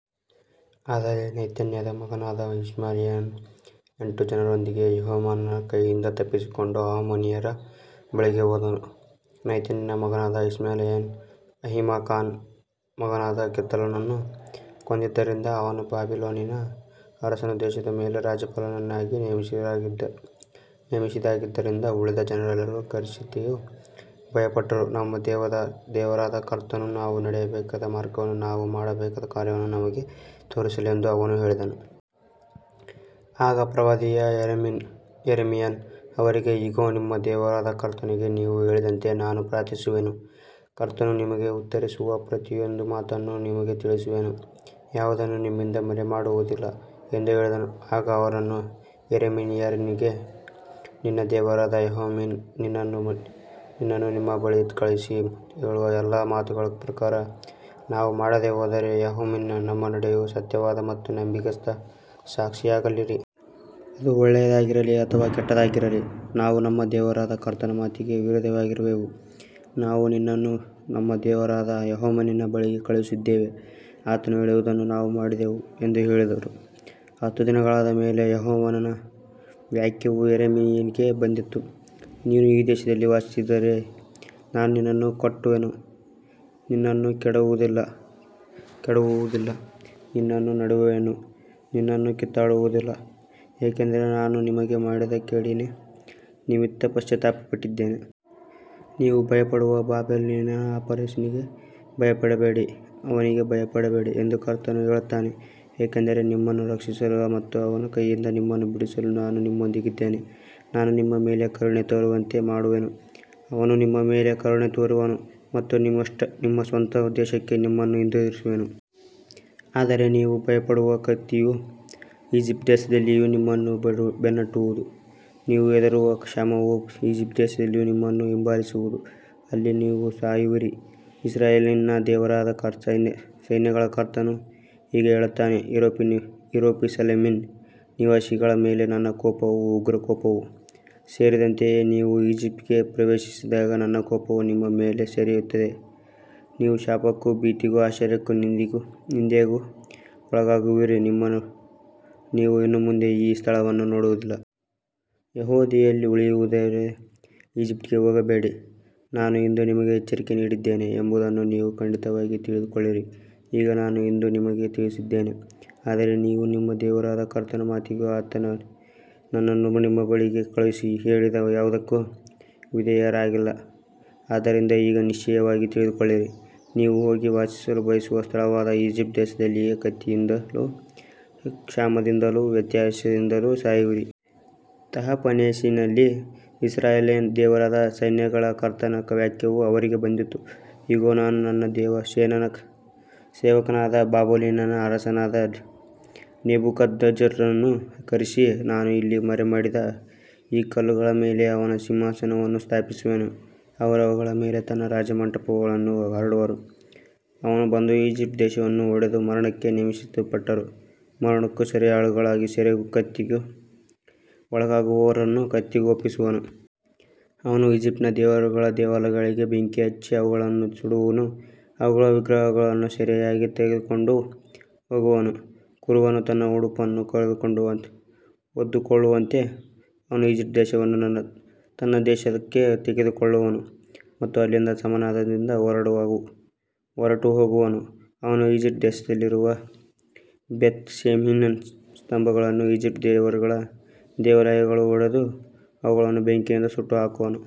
ಆದರೆ ನೆತನ್ಯನ ಮಗನಾದ ಇಷ್ಮಾಯೇಲನು ಎಂಟು ಜನರೊಂದಿಗೆ ಯೋಹಾನಾನನ ಕೈಯಿಂದ ತಪ್ಪಿಸಿಕೊಂಡು ಅಮ್ಮೋನಿಯರ ಬಳಿಗೆ ಹೋದನು. ನೆತನ್ಯನ ಮಗನಾದ ಇಷ್ಮಾಯೇಲನು ಅಹೀಕಾಮನ ಮಗನಾದ ಗೆದಲ್ಯನನ್ನು ಕೊಂದಿದ್ದರಿಂದ, ಅವನು ಬಾಬಿಲೋನಿನ ಅರಸನು ದೇಶದ ಮೇಲೆ ರಾಜ್ಯಪಾಲನನ್ನಾಗಿ ನೇಮಿಸಿದ್ದವನಾಗಿದ್ದರಿಂದ, ಉಳಿದ ಜನರೆಲ್ಲರೂ ಕಸ್ದೀಯರಿಗೆ ಭಯಪಟ್ಟರು. ನಿಮ್ಮ ದೇವರಾದ ಕರ್ತನು ನಾವು ನಡೆಯಬೇಕಾದ ಮಾರ್ಗವನ್ನೂ ನಾವು ಮಾಡಬೇಕಾದ ಕಾರ್ಯವನ್ನೂ ನಮಗೆ ತೋರಿಸಲಿ ಎಂದು ಅವರು ಹೇಳಿದರು. ಆಗ ಪ್ರವಾದಿಯಾದ ಯೆರೆಮೀಯನು ಅವರಿಗೆ, ಇಗೋ, ನಿಮ್ಮ ದೇವರಾದ ಕರ್ತನಿಗೆ ನೀವು ಹೇಳಿದಂತೆ ನಾನು ಪ್ರಾರ್ಥಿಸುವೆನು, ಕರ್ತನು ನಿಮಗೆ ಉತ್ತರಿಸುವ ಪ್ರತಿಯೊಂದು ಮಾತನ್ನೂ ನಿಮಗೆ ತಿಳಿಸುವೆನು, ಯಾವುದನ್ನೂ ನಿಮ್ಮಿಂದ ಮರೆಮಾಡುವುದಿಲ್ಲ ಎಂದು ಹೇಳಿದನು. ಆಗ ಅವರು ಯೆರೆಮೀಯನಿಗೆ, ನಿನ್ನ ದೇವರಾದ ಯೆಹೋವನು ನಿನ್ನನ್ನು ನಮ್ಮ ಬಳಿಗೆ ಕಳುಹಿಸಿ ಹೇಳುವ ಎಲ್ಲಾ ಮಾತುಗಳ ಪ್ರಕಾರ ನಾವು ಮಾಡದೆ ಹೋದರೆ, ಯೆಹೋವನು ನಮ್ಮ ನಡುವೆ ಸತ್ಯವಾದ ಮತ್ತು ನಂಬಿಗಸ್ತ ಸಾಕ್ಷಿಯಾಗಿರಲಿ. ಅದು ಒಳ್ಳೆಯದಾಗಿರಲಿ ಅಥವಾ ಕೆಟ್ಟದ್ದಾಗಿರಲಿ, ನಾವು ನಮ್ಮ ದೇವರಾದ ಕರ್ತನ ಮಾತಿಗೆ ವಿಧೇಯರಾಗುವೆವು, ನಾವು ನಿನ್ನನ್ನು ನಮ್ಮ ದೇವರಾದ ಯೆಹೋವನ ಬಳಿಗೆ ಕಳುಹಿಸಿದ್ದೇವೆ, ಆತನು ಹೇಳುವುದನ್ನು ನಾವು ಮಾಡುವೆವು ಎಂದು ಹೇಳಿದರು. ಹತ್ತು ದಿನಗಳಾದ ಮೇಲೆ ಯೆಹೋವನ ವಾಕ್ಯವು ಯೆರೆಮೀಯನಿಗೆ ಬಂದಿತು. ನೀನು ಈ ದೇಶದಲ್ಲಿ ವಾಸಿಸಿದರೆ ನಾನು ನಿನ್ನನ್ನು ಕಟ್ಟುವೆನು, ನಿನ್ನನ್ನು ಕೆಡವುವುದಿಲ್ಲ, ನಿನ್ನನ್ನು ನೆಡುವೆನು, ನಿನ್ನನ್ನು ಕಿತ್ತುಹಾಕುವುದಿಲ್ಲ, ಏಕೆಂದರೆ ನಾನು ನಿಮಗೆ ಮಾಡಿದ ಕೇಡಿನ ನಿಮಿತ್ತ ಪಶ್ಚಾತ್ತಾಪಪಟ್ಟಿದ್ದೇನೆ. ನೀವು ಭಯಪಡುವ ಬಾಬಿಲೋನಿನ ಅರಸನಿಗೆ ಭಯಪಡಬೇಡಿ, ಅವನಿಗೆ ಭಯಪಡಬೇಡಿ ಎಂದು ಕರ್ತನು ಹೇಳುತ್ತಾನೆ, ಏಕೆಂದರೆ ನಿಮ್ಮನ್ನು ರಕ್ಷಿಸಲು ಮತ್ತು ಅವನ ಕೈಯಿಂದ ನಿಮ್ಮನ್ನು ಬಿಡಿಸಲು ನಾನು ನಿಮ್ಮೊಂದಿಗಿದ್ದೇನೆ. ನಾನು ನಿಮ್ಮ ಮೇಲೆ ಕರುಣೆ ತೋರುವಂತೆ ಮಾಡುವೆನು, ಅವನು ನಿಮ್ಮ ಮೇಲೆ ಕರುಣೆ ತೋರುವನು ಮತ್ತು ನಿಮ್ಮ ಸ್ವಂತ ದೇಶಕ್ಕೆ ನಿಮ್ಮನ್ನು ಹಿಂದಿರುಗಿಸುವನು. ಆದರೆ ನೀವು ಭಯಪಡುವ ಕತ್ತಿಯು ಈಜಿಪ್ಟ್ ದೇಶದಲ್ಲಿಯೂ ನಿಮ್ಮನ್ನು ಬೆನ್ನಟ್ಟುವುದು, ನೀವು ಹೆದರುವ ಕ್ಷಾಮವು ಈಜಿಪ್ಟಿನಲ್ಲಿಯೂ ನಿಮ್ಮನ್ನು ಹಿಂಬಾಲಿಸುವುದು, ಅಲ್ಲಿ ನೀವು ಸಾಯುವಿರಿ. ಇಸ್ರಾಯೇಲಿನ ದೇವರಾದ ಸೈನ್ಯಗಳ ಕರ್ತನು ಹೀಗೆ ಹೇಳುತ್ತಾನೆ, ಯೆರೂಸಲೇಮಿನ ನಿವಾಸಿಗಳ ಮೇಲೆ ನನ್ನ ಕೋಪವೂ ಉಗ್ರಕೋಪವೂ ಸುರಿದಂತೆಯೇ, ನೀವು ಈಜಿಪ್ಟಿಗೆ ಪ್ರವೇಶಿಸಿದಾಗ ನನ್ನ ಕೋಪವು ನಿಮ್ಮ ಮೇಲೆ ಸುರಿಯುವುದು, ನೀವು ಶಾಪಕ್ಕೂ ಭೀತಿಗೂ ಆಶ್ಚರ್ಯಕ್ಕೂ ನಿಂದೆಗೂ ಒಳಗಾಗುವಿರಿ, ನೀವು ಇನ್ನು ಮುಂದೆ ಈ ಸ್ಥಳವನ್ನು ನೋಡುವುದಿಲ್ಲ. ಯೆಹೂದದಲ್ಲಿ ಉಳಿದಿರುವವರೇ, ಈಜಿಪ್ಟಿಗೆ ಹೋಗಬೇಡಿ. ನಾನು ಇಂದು ನಿಮಗೆ ಎಚ್ಚರಿಕೆ ನೀಡಿದ್ದೇನೆ ಎಂಬುದನ್ನು ನೀವು ಖಂಡಿತವಾಗಿ ತಿಳಿದುಕೊಳ್ಳಿರಿ. ಈಗ ನಾನು ಇಂದು ನಿಮಗೆ ತಿಳಿಸಿದ್ದೇನೆ, ಆದರೆ ನೀವು ನಿಮ್ಮ ದೇವರಾದ ಕರ್ತನ ಮಾತಿಗೂ, ಆತನು ನನ್ನನ್ನು ನಿಮ್ಮ ಬಳಿಗೆ ಕಳುಹಿಸಿ ಹೇಳಿದ ಯಾವುದಕ್ಕೂ ವಿಧೇಯರಾಗಲಿಲ್ಲ. ಆದ್ದರಿಂದ ಈಗ ನಿಶ್ಚಯವಾಗಿ ತಿಳಿದುಕೊಳ್ಳಿರಿ, ನೀವು ಹೋಗಿ ವಾಸಿಸಲು ಬಯಸುವ ಸ್ಥಳವಾದ ಈಜಿಪ್ಟ್ ದೇಶದಲ್ಲಿಯೇ ಕತ್ತಿಯಿಂದಲೂ ಕ್ಷಾಮದಿಂದಲೂ ವ್ಯತ್ಯಾಷೆಯಿಂದಲೂ ಸಾಯುವಿರಿ. ತಹಪನೇಹೆಸಿನಲ್ಲಿ ಇಸ್ರಾಯೇಲಿನ ದೇವರಾದ ಸೈನ್ಯಗಳ ಕರ್ತನ ವಾಕ್ಯವು ಅವರಿಗೆ ಬಂದಿತು, ಇಗೋ, ನಾನು ನನ್ನ ಸೇವಕನಾದ ಬಾಬಿಲೋನಿನ ಅರಸನಾದ ನೆಬೂಕದ್ನೆಚ್ಚರನನ್ನು ಕರೆಸಿ, ನಾನು ಇಲ್ಲಿ ಮರೆಮಾಡಿದ ಈ ಕಲ್ಲುಗಳ ಮೇಲೆ ಅವನ ಸಿಂಹಾಸನವನ್ನು ಸ್ಥಾಪಿಸುವೆನು, ಅವನು ಅವುಗಳ ಮೇಲೆ ತನ್ನ ರಾಜಮಂಟಪವನ್ನು ಹರಡುವನು. ಅವನು ಬಂದು ಈಜಿಪ್ಟ್ ದೇಶವನ್ನು ಹೊಡೆದು, ಮರಣಕ್ಕೆ ನೇಮಿಸಲ್ಪಟ್ಟವರನ್ನು ಮರಣಕ್ಕೂ, ಸೆರೆಯಾಳುಗಳನ್ನು ಸೆರೆಗೂ, ಕತ್ತಿಗೆ ಒಳಗಾಗುವವರನ್ನು ಕತ್ತಿಗೂ ಒಪ್ಪಿಸುವನು. ಅವನು ಈಜಿಪ್ಟಿನ ದೇವರುಗಳ ದೇವಾಲಯಗಳಿಗೆ ಬೆಂಕಿ ಹಚ್ಚಿ ಅವುಗಳನ್ನು ಸುಡುವನು, ಅವುಗಳ ವಿಗ್ರಹಗಳನ್ನು ಸೆರೆಯಾಗಿ ತೆಗೆದುಕೊಂಡು ಹೋಗುವನು. ಕುರುಬನು ತನ್ನ ಉಡುಪನ್ನು ಹೊದ್ದುಕೊಳ್ಳುವಂತೆ ಅವನು ಈಜಿಪ್ಟ್ ದೇಶವನ್ನು ತನ್ನ ವಶಕ್ಕೆ ತೆಗೆದುಕೊಳ್ಳುವನು ಮತ್ತು ಅಲ್ಲಿಂದ ಸಮಾಧಾನದಿಂದ ಹೊರಟುಹೋಗುವನು. ಅವನು ಈಜಿಪ್ಟ್ ದೇಶದಲ್ಲಿರುವ ಬೇತ್‌ಶೆಮೆಷಿನ ಸ್ತಂಭಗಳನ್ನೂ ಈಜಿಪ್ಟಿನ ದೇವರುಗಳ ದೇವಾಲಯಗಳನ್ನೂ ಒಡೆದು, ಅವುಗಳನ್ನು ಬೆಂಕಿಯಿಂದ ಸುಟ್ಟುಹಾಕುವನು.